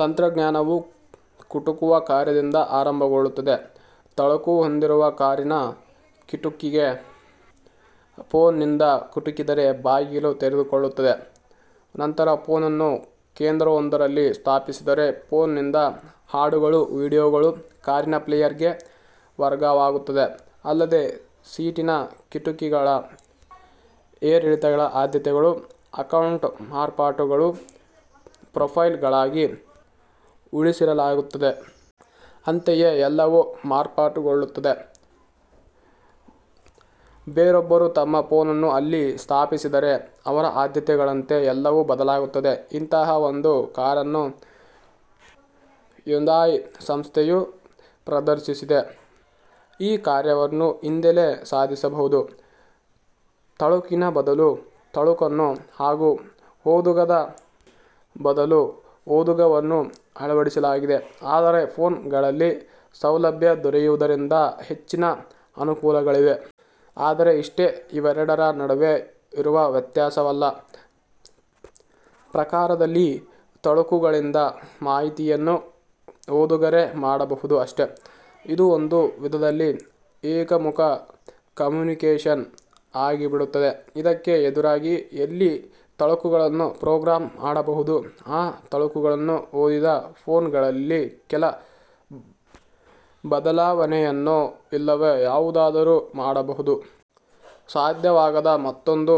ತಂತ್ರಜ್ಞಾನವು ಕುಟುಕುವ ಕಾರ್ಯದಿಂದ ಆರಂಭಗೊಳ್ಳುತ್ತದೆ. ತಳುಕು ಹೊಂದಿರುವ ಕಾರಿನ ಕಿಟುಕಿಗೆ ಫೋನ್ ನಿಂದ ಕುಟುಕಿದರೆ ಬಾಗಿಲು ತೆರೆದುಕೊಳ್ಳುತ್ತದೆ. ನಂತರ ಫೋನನ್ನು ಕೇಂದ್ರವೊಂದರಲ್ಲಿ ಸ್ಥಾಪಿಸಿದರೆ, ಫೋನ್ ನಿಂದ ಹಾಡುಗಳು, ವೀಡಿಯೋಗಳು ಕಾರಿನ ಪ್ಲೇಯರ್ ಗೆ ವರ್ಗವಾಗುತ್ತವೆ. ಅಲ್ಲದೆ ಸೀಟಿನ, ಕಿಟುಕಿಗಳ ಏರಿಳಿತಗಳ ಆದ್ಯತೆಗಳು, ಅಕೌಂಟ್ ಮಾರ್ಪಾಟುಗಳು, ಪ್ರೊಫೈಲ್ ಗಳಾಗಿ ಉಳಿಸಿರಲಾಗುತ್ತದೆ. ಅಂತೆಯೇ ಎಲ್ಲವೂ ಮಾರ್ಪಟುಗೊಳ್ಳುತ್ತವೆ. ಬೇರೊಬ್ಬರು ತಮ್ಮ ಫೋನನ್ನು ಅಲ್ಲಿ ಸ್ಥಾಪಿಸಿದರೆ ಅವರ ಆದ್ಯತೆಗಳಂತೆ ಎಲ್ಲವೂ ಬದಲಾಗುತ್ತವೆ. ಇಂತಹ ಒಂದು ಕಾರನ್ನು ಹ್ಯುಂದಾಯ್ ಸಂಸ್ಥೆಯು ಪ್ರದರ್ಶಿಸಿದೆ. ಈ ಕಾರ್ಯವನ್ನು ಯಿಂದಲೇ ಸಾಧಿಸಬಹುದು. ತಳುಕಿನ ಬದಲು ತಳುಕನ್ನು ಹಾಗು ಓದುಗದ ಬದಲು ಓದುಗವನ್ನು ಅಳವಡಿಸಲಾಗಿದೆ. ಆದರೆ ಫೋನ್ ಗಳಲ್ಲಿ ಸೌಲಭ್ಯ ದೊರೆಯುವುದರಿಂದ ಹೆಚ್ಚಿನ ಅನುಕೂಲಗಳಿವೆ. ಆದರೆ ಇಷ್ಟೇ ಇವೆರಡರ ನಡುವೆ ಇರುವ ವ್ಯತ್ಯಾಸವಲ್ಲ. ಪ್ರಕಾರದಲ್ಲಿ ತಳುಕುಗಳಿಂದ ಮಾಹಿತಿಯನ್ನು ಓದುಗರೆ ಮಾಡಬಹುದು ಅಷ್ಟೇ. ಇದು ಒಂದು ವಿಧದಲ್ಲಿ ಏಕಮುಖ ಕಮ್ಯುನಿಕೇಷನ್ ಆಗಿಬಿಡುತ್ತದೆ. ಇದಕ್ಕೆ ಎದುರಾಗಿ ಯಲ್ಲಿ ತಳುಕುಗಳನ್ನು ಪ್ರೊಗ್ರಾಮ್ ಮಾಡಬಹುದು. ಆ ತಳುಕುಗಳನ್ನು ಓದಿದ ಫೋನ್ ಗಳಲ್ಲಿ ಕೆಲ ಬದಲಾವನೆಯನ್ನೋ, ಇಲ್ಲವೇ ಯಾವುದಾದರೂ ಮಾಡಬಹುದು. ಸಾಧ್ಯವಾಗದ ಮತ್ತೊಂದು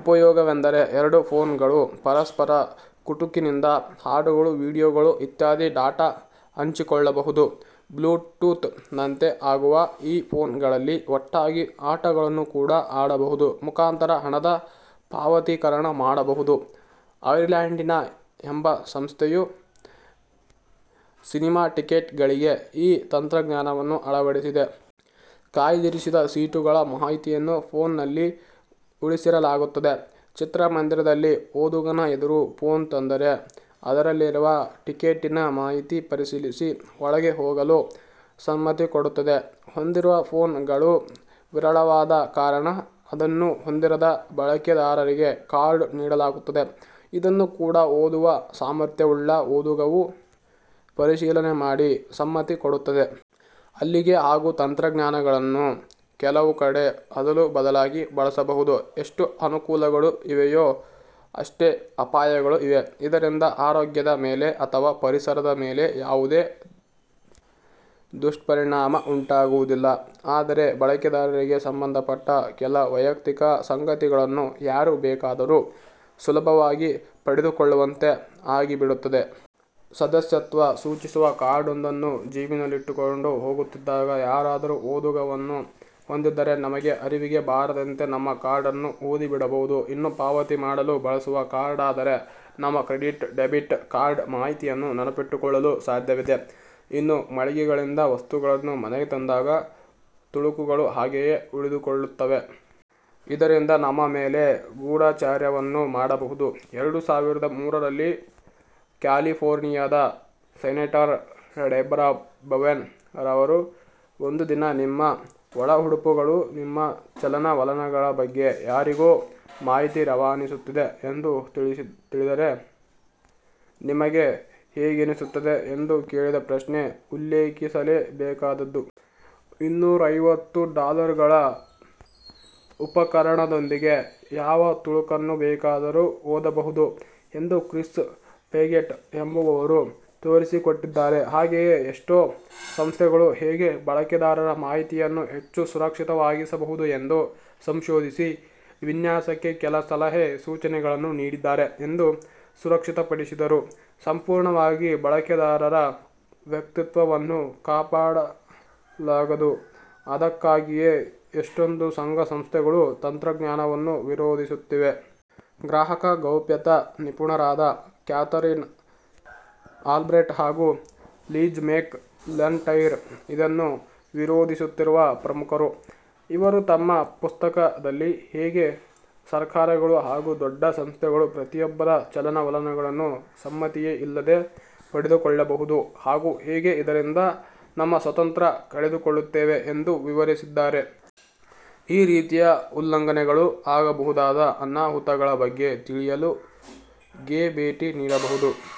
ಉಪಯೋಗವೆಂದರೆ. ಎರಡು ಫೋನ್ ಗಳು ಪರಸ್ಪರ ಕುಟುಕಿನಿಂದ ಹಾಡುಗಳು, ವೀಡಿಯೋಗಳು ಇತ್ಯಾದಿ ಡಾಟಾ ಹಂಚಿಕೊಳ್ಳಬಹುದು. ಬ್ಲೂಟೂತ್ ನಂತೆ ಆಗುವ ಈ ಫೋನ್ ಗಳಲ್ಲಿ ಒಟ್ಟಾಗಿ ಆಟಗಳನ್ನು ಕೂಡ ಆಡಬಹುದು. ಮುಖಾಂತರ ಹಣದ ಪಾವತೀಕರಣ ಮಾಡಬಹುದು. ಐರ್ಲ್ಯಾಂಡಿನ ಎಂಬ ಸಂಸ್ಥೆಯು ಸಿನಿಮಾ ಟಿಕೆಟ್ ಗಳಿಗೆ ಈ ತಂತ್ರಜ್ಞಾನವನ್ನು ಅಳವಡಿಸಿದೆ. ಕಾಯ್ದಿರಿಸಿದ ಸೀಟುಗಳ ಮಾಹಿತಿಯನ್ನು ಫೋನ್ ನಲ್ಲಿ ಉಳಿಸಿರಲಾಗುತ್ತದೆ. ಚಿತ್ರಮಂದಿರದಲ್ಲಿ ಓದುಗನ ಎದುರು ಫೋನ್ ತಂದರೆ, ಅದರಲ್ಲಿರುವ ಟಿಕೆಟ್ಟಿನ ಮಾಹಿತಿ ಪರಿಶೀಲಿಸಿ, ಒಳಗೆ ಹೋಗಲು ಸಮ್ಮತಿ ಕೊಡುತ್ತದೆ. ಹೊಂದಿರುವ ಫೋನ್ ಗಳು ವಿರಳವಾದ ಕಾರಣ ಅದನ್ನು ಹೊಂದಿರದ ಬಳಕೆದಾರರಿಗೆ ಕಾರ್ಡ್ ನೀಡಲಾಗುತ್ತದೆ. ಇದನ್ನು ಕೂಡ ಓದುವ ಸಾಮರ್ಥ್ಯವುಳ್ಳ ಓದುಗವು ಪರಿಶೀಲನೆ ಮಾಡಿ ಸಮ್ಮತಿ ಕೊಡುತ್ತದೆ. ಅಲ್ಲಿಗೆ ಹಾಗು ತಂತ್ರಜ್ಞಾನಗಳನ್ನು ಕೆಲವು ಕಡೆ ಅದಲು ಬದಲಾಗಿ ಬಳಸಬಹುದು. ಎಷ್ಟು ಅನುಕೂಲಗಳು ಇವೆಯೋ ಅಷ್ಟೇ ಅಪಾಯಗಳೂ ಇವೆ. ಇದರಿಂದ ಆರೋಗ್ಯದ ಮೇಲೆ ಅಥವಾ ಪರಿಸರದ ಮೇಲೆ ಯಾವುದೇ ದುಷ್ಪರಿಣಾಮ ಉಂಟಾಗುವುದಿಲ್ಲ, ಆದರೆ ಬಳಕೆದಾರರಿಗೆ ಸಂಬಂಧ ಪಟ್ಟ ಕೆಲ ವೈಯಕ್ತಿಕ ಸಂಗತಿಗಳನ್ನು ಯಾರು ಬೇಕಾದರೂ ಸುಲಭವಾಗಿ ಪಡೆದುಕೊಳ್ಳುವಂತೆ ಆಗಿಬಿಡುತ್ತದೆ. ಸದಸ್ಯತ್ವ ಸೂಚಿಸುವ ಕಾರ್ಡೊಂದನ್ನು ಜೇಬಿನಲ್ಲಿಟ್ಟುಕೊಂಡು ಹೋಗುತ್ತಿದ್ದಾಗ, ಯಾರಾದರೂ ಓದುಗವನ್ನು ಹೊಂದಿದ್ದರೆ ನಮಗೆ ಅರಿವಿಗೇ ಬಾರದಂತೆ ನಮ್ಮ ಕಾರ್ಡನ್ನು ಓದಿಬಿಡಬಹುದು. ಇನ್ನು ಪಾವತಿ ಮಾಡಲು ಬಳಸುವ ಕಾರ್ಡಾದರೆ, ನಮ್ಮ ಕ್ರೆಡಿಟ್ ಡೆಬಿಟ್ ಕಾರ್ಡ್ ಮಾಹಿತಿಯನ್ನು ನೆನಪಿಟ್ಟುಕೊಳ್ಳಲು ಸಾಧ್ಯವಿದೆ. ಇನ್ನು ಮಳಿಗೆಗಳಿಂದ ವಸ್ತುಗಳನ್ನು ಮನೆಗೆ ತಂದಾಗ, ತಳುಕುಗಳು ಹಾಗೆಯೇ ಉಳಿದುಕೊಳ್ಳುತ್ತವೆ. ಇದರಿಂದ ನಮ್ಮ ಮೇಲೆ ಗೂಢಚರ್ಯವನ್ನು ಮಾಡಬಹುದು. ಎರಡು ಸಾವಿರದ ಮೂರರಲ್ಲಿ ಕ್ಯಾಲಿಫೋರ್ನಿಯಾದ ಸೆನೇಟರ್ ಡೆಬ್ರಾ ಬವೆನ್ ರವರು "ಒಂದು ದಿನ ನಿಮ್ಮ ಒಳಉಡುಪುಗಳು ನಿಮ್ಮ ಚಲನ ವಲನಗಳ ಬಗ್ಗೆ ಯಾರಿಗೋ ಮಾಹಿತಿ ರವಾನಿಸುತ್ತಿವೆ ಎಂದು ತಿಳಿದರೆ, ನಿಮಗೆ ಹೇಗೆನಿಸುತ್ತದೆ?" ' ಎಂದು ಕೇಳಿದ ಪ್ರಶ್ನೆ ಉಲ್ಲೇಖಿಸಲೇ ಬೇಕಾದದ್ದು. ಇನ್ನೂರೈವತ್ತುಡಾಲರುಗಳ ಉಪಕರಣದೊಂದಿಗೆ ಯಾವ ತಳುಕನ್ನು ಬೇಕಾದರೂ ಓದಬಹುದು ಎಂದು ಕ್ರಿಸ್ ಪೆಗೆಟ್ ಎಂಬುವವರು ತೋರಿಸಿಕೊಟ್ಟಿದ್ದಾರೆ. ಹಾಗೆಯೇ ಎಷ್ಟೋ ಸಂಸ್ಥೆಗಳು ಹೇಗೆ ಬಳಕೆದಾರರ ಮಾಹಿತಿಯನ್ನು ಹೆಚ್ಚು ಸುರಕ್ಷಿತವಾಗಿಸಬಹುದು ಎಂದು ಸಂಶೋಧಿಸಿ ವಿನ್ಯಾಸಕ್ಕೆ ಕೆಲ ಸಲಹೆ ಸೂಚನೆಗಳನ್ನು ನೀಡಿದ್ದಾರೆ. ಎಷ್ಟು ಸುರಕ್ಷಿತಪಡಿಸಿದರೂ, ಸಂಪೂರ್ಣವಾಗಿ ಬಳಕೆದಾರರ ವ್ಯಕ್ತಿತ್ವವನ್ನು ಕಾಪಾಡಲಾಗದು. ಅದಕ್ಕಾಗಿಯೆ ಎಷ್ಟೊಂದು ಸಂಘ ಸಂಸ್ಥೆಗಳು ತಂತ್ರಜ್ಞಾನವನ್ನು ವಿರೋಧಿಸುತ್ತಿವೆ. ಗ್ರಾಹಕ ಗೌಪ್ಯತಾ ನಿಪುಣರಾದ ಕ್ಯಾಥರೀನ್ ಆಲ್ಬ್ರೆಟ್ ಹಾಗು ಲಿಜ್ ಮೆಕ್ ಲನ್ ಟೈರ್ ಇದನ್ನು ವಿರೋಧಿಸುತ್ತಿರುವ ಪ್ರಮುಖರು. ಇವರು ತಮ್ಮ ಪುಸ್ತಕ: ದಲ್ಲಿ ಹೇಗೆ ಸರ್ಕಾರಗಳು ಹಾಗು ದೊಡ್ಡ ಸಂಸ್ಥೆಗಳು ಪ್ರತಿಯೊಬ್ಬರ ಚಲನ ವಲನಗಳನ್ನು ಸಮ್ಮತಿಯೇ ಇಲ್ಲದೆ ಪಡೆದುಕೊಳ್ಳಬಹುದು ಹಾಗು ಹೇಗೆ ಇದರಿಂದ ನಮ್ಮ ಸ್ವಾತಂತ್ರ್ಯ ಕಳೆದುಕೊಳ್ಳುತ್ತೇವೆ ಎಂದು ವಿವರಿಸಿದ್ದಾರೆ. ಈ ರೀತಿಯ ಉಲ್ಲಂಘನೆಗಳು, ಆಗಬಹುದಾದ ಅನಾಹುತಗಳ ಬಗ್ಗೆ ತಿಳಿಯಲು ಗೆ ಭೇಟಿ ನೀಡಬಹುದು.